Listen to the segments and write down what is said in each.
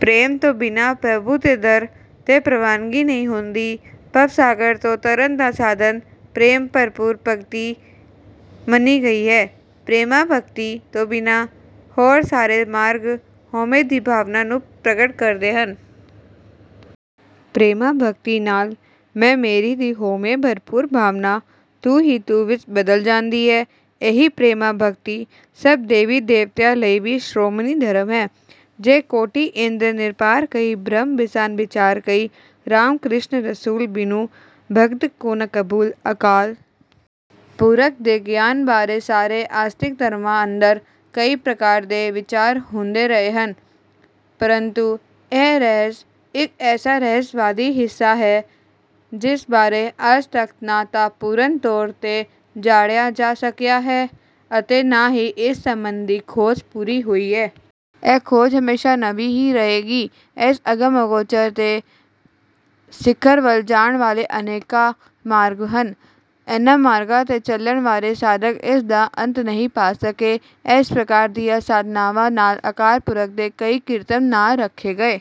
ਪ੍ਰੇਮ ਤੋਂ ਬਿਨਾਂ ਪ੍ਰਭੂ ਦੇ ਦਰ ’ਤੇ ਪ੍ਰਵਾਨਗੀ ਨਹੀਂ ਹੁੰਦੀ। ਭਵਸਾਗਰ ਤੋਂ ਤਰਨ ਦਾ ਸਾਧਨ ਪ੍ਰੇਮ-ਭਰਪੂਰ ਭਗਤੀ ਮੰਨੀ ਗਈ ਹੈ। ਪ੍ਰੇਮਾ-ਭਗਤੀ ਤੋਂ ਬਿਨਾਂ ਹੋਰ ਸਾਰੇ ਮਾਰਗ ਹਉਮੈ ਦੀ ਭਾਵਨਾ ਨੂੰ ਪ੍ਰਗਟ ਕਰਦੇ ਹਨ। ਪ੍ਰੇਮਾ-ਭਗਤੀ ਨਾਲ ਮੈਂ-ਮੇਰੀ ਦੀ ਹਉਮੈ-ਭਰਪੂਰ ਭਾਵਨਾ ਤੂੰ ਹੀ ਤੂੰ ਵਿੱਚ ਬਦਲ ਜਾਂਦੀ ਹੈ। ਇਹੀ ਪ੍ਰੇਮਾ-ਭਗਤੀ ਸਭ ਦੇਵੀ-ਦੇਵਤਿਆਂ ਲਈ ਵੀ ਸ਼੍ਰੋਮਣੀ ਧਰਮ ਹੈ ਜਿਹ ਕੋਟਿ ਇੰਦ੍ਰ ਨ੍ਰਿਪਾਰਕਈ ਬ੍ਰਹਮ ਬਿਸਨ ਬਿਚਾਰਕਈ। ਰਾਮ ਕ੍ਰਿਸਨ ਰਸੂਲ ਬਿਨੁ ਭਗਤ ਕੋ ਨ ਕਬੂਲ॥ ਅਕਾਲ ਪੁਰਖ ਦੇ ਗਿਆਨ ਬਾਰੇ ਸਾਰੇ ਆਸਤਿਕ ਧਰਮਾਂ ਅੰਦਰ ਕਈ ਪ੍ਰਕਾਰ ਦੇ ਵਿਚਾਰ ਹੁੰਦੇ ਰਹੇ ਹਨ। ਪਰੰਤੂ ਇਹ ਰਹੱਸ ਇੱਕ ਐਸਾ ਰਹੱਸਵਾਦੀ ਵਿਸ਼ਾ ਹੈ, ਜਿਸ ਬਾਰੇ ਅੱਜ ਤੱਕ ਨਾ ਤਾਂ ਪੂਰਨ ਤੌਰ ’ਤੇ ਜਾਣਿਆ ਜਾ ਸਕਿਆ ਹੈ ਅਤੇ ਨਾ ਹੀ ਇਸ ਸੰਬੰਧੀ ਖੋਜ ਪੂਰੀ ਹੋਈ ਹੈ। ਇਹ ਖੋਜ ਹਮੇਸ਼ਾ ਨਵੀਂ ਹੀ ਰਹੇਗੀ। ਇਸ ਅਗਮ-ਅਗੋਚਰ ਦੇ ਸਿਖਰ ਵੱਲ ਜਾਣ ਵਾਲੇ ਅਨੇਕਾਂ ਮਾਰਗ ਹਨ। ਇਨ੍ਹਾਂ ਮਾਰਗਾਂ ’ਤੇ ਚੱਲਣ ਵਾਲੇ ਸਾਧਕ ਉਸ ਦਾ ਅੰਤ ਨਹੀਂ ਪਾ ਸਕੇ। ਇਸ ਪ੍ਰਕਾਰ ਦੀਆਂ ਸਾਧਨਾਵਾਂ ਨਾਲ ਅਕਾਲ ਪੁਰਖ ਦੇ ਕਈ ਕਿਰਤਮ ਨਾਂ ਰੱਖੇ ਗਏ।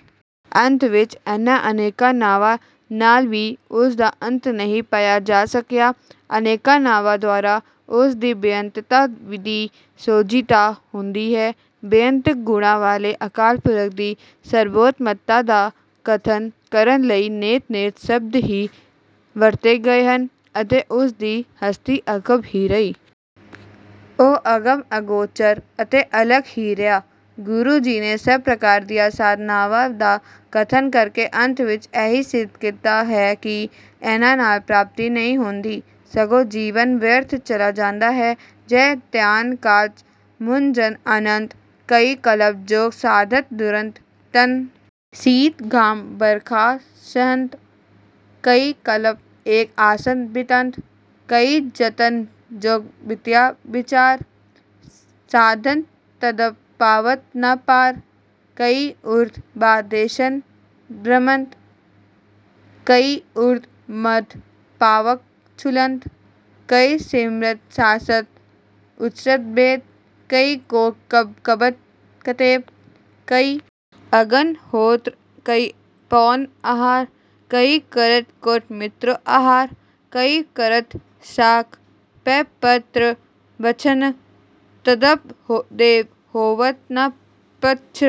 ਅੰਤ ਵਿੱਚ ਇਨ੍ਹਾਂ ਅਨੇਕਾਂ ਨਾਵਾਂ ਨਾਲ ਵੀ ਉਸ ਦਾ ਅੰਤ ਨਹੀਂ ਪਾਇਆ ਜਾ ਸਕਿਆ। ਅਨੇਕਾਂ ਨਾਵਾਂ ਦੁਆਰਾ ਉਸ ਦੀ ਬੇਅੰਤਤਾ ਦੀ ਸੋਝੀ ਤਾਂ ਹੁੰਦੀ ਹੈ। ਬੇਅੰਤ ਗੁਣਾਂ ਵਾਲੇ ਅਕਾਲ ਪੁਰਖ ਦੀ ਸਰਬੋਤਮਤਾ ਦਾ ਕਥਨ ਕਰਨ ਲਈ ਨੇਤਿ-ਨੇਤਿ ਸ਼ਬਦ ਹੀ ਵਰਤੇ ਗਏ ਹਨ ਅਤੇ ਉਸ ਦੀ ਹਸਤੀ ਅਕੱਥ ਹੀ ਰਹੀ। ਉਹ ਅਗਮ, ਅਗੋਚਰ ਅਤੇ ਅਲੱਖ ਹੀ ਰਿਹਾ। ਗੁਰੂ ਜੀ ਨੇ ਸਭ ਪ੍ਰਕਾਰ ਦੀਆਂ ਸਾਧਨਾਵਾਂ ਦਾ ਕਥਨ ਕਰਕੇ ਅੰਤ ਵਿੱਚ ਇਹੀ ਸਿੱਧ ਕੀਤਾ ਹੈ ਕਿ ਇਨ੍ਹਾਂ ਨਾਲ ਪ੍ਰਾਪਤੀ ਨਹੀਂ ਹੁੰਦੀ, ਸਗੋਂ ਜੀਵਨ ਵਿਅਰਥ ਚਲਾ ਜਾਂਦਾ ਹੈ ਜਿਹ ਧਿਆਨ ਕਾਜ ਮੁਨਿ ਜਨ ਅਨੰਤ, ਕਈ ਕਲਪ ਜੋਗ ਸਾਧਤ ਦੁਰੰਤ। ਤਨ ਸੀਤ ਘਾਮ ਬਰਖਾ ਸਹੰਤ। ਕਈ ਕਲਪ ਏਕ ਆਸਨ ਬਿਤੰਤ। ਕਈ ਜਤਨ ਜੋਗ ਬਿਦਿਆ ਬਿਚਾਰ। ਸਾਧੰਤ ਤਦਪਿ ਪਾਵਤ ਨ ਪਾਰ। ਕਈ ਊਰਧ ਬਾਹੁ, ਦੇਸਨ ਭ੍ਰਮੰਤ। ਕਈ ਊਰਧ ਮਧ ਪਾਵਕ ਝੁਲੰਤ। ਕਈ ਸਿਮ੍ਰਿਤਿ ਸਾਸਤ੍ਰ ਉਚਰਤ ਬੇਦ। ਕਈ ਕੋਕ ਕਬਿ ਕੱਬਤ ਕਤੇਬ। ਕਈ ਅਗਨਿ ਹੋਤ੍ਰ, ਕਈ ਪਉਣ-ਅਹਾਰ। ਕਈ ਕਰਤ ਕੋਟਿ ਮ੍ਰਿਤਕੋ ਅਹਾਰ। ਕਈ ਕਰਤ ਸਾਕ, ਪੈ ਪੱਤ੍ਰ ਭੱਛਨ। ਤਦਪਿ ਦੇਵ ਹੋਵਤ ਨ ਪ੍ਰਤੱਛ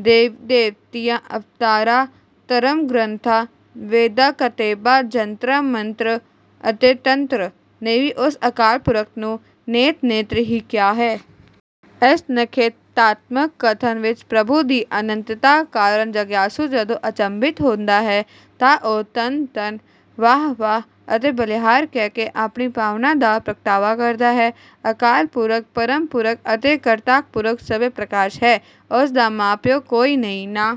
ਦੇਵੀ-ਦੇਵਤਿਆਂ, ਅਵਤਾਰਾਂ, ਧਰਮ-ਗ੍ਰੰਥਾਂ, ਵੇਦਾਂ, ਕਤੇਬਾਂ, ਜੰਤਰਾਂ, ਮੰਤਰਾਂ ਅਤੇ ਤੰਤਰਾਂ ਨੇ ਵੀ ਉਸ ਅਕਾਲ ਪੁਰਖ ਨੂੰ ਨੇਤਿ-ਨੇਤਿ ਹੀ ਕਿਹਾ ਹੈ। ਇਸ ਨਿਖੇਧਾਤਮਕ ਕਥਨ ਵਿੱਚ ਪ੍ਰਭੂ ਦੀ ਅਨੰਤਤਾ ਕਾਰਨ ਜਿਗਿਆਸੂ ਜਦੋਂ ਅਚੰਭਿਤ ਹੁੰਦਾ ਹੈ, ਤਾਂ ਉਹ ਧੰਨ-ਧੰਨ ਵਾਹ-ਵਾਹ ਅਤੇ ਬਲਿਹਾਰ ਕਹਿ ਕੇ ਆਪਣੀ ਭਾਵਨਾ ਦਾ ਪ੍ਰਗਟਾਵਾ ਕਰਦਾ ਹੈ। ਅਕਾਲ ਪੁਰਖ, ਪਰਮ ਪੁਰਖ ਅਤੇ ਕਰਤਾ ਪੁਰਖ ਸਵੈ-ਪ੍ਰਕਾਸ਼ ਹੈ। ਉਸ ਦਾ ਮਾਂ-ਪਿਉ ਕੋਈ ਨਹੀਂ, ਨ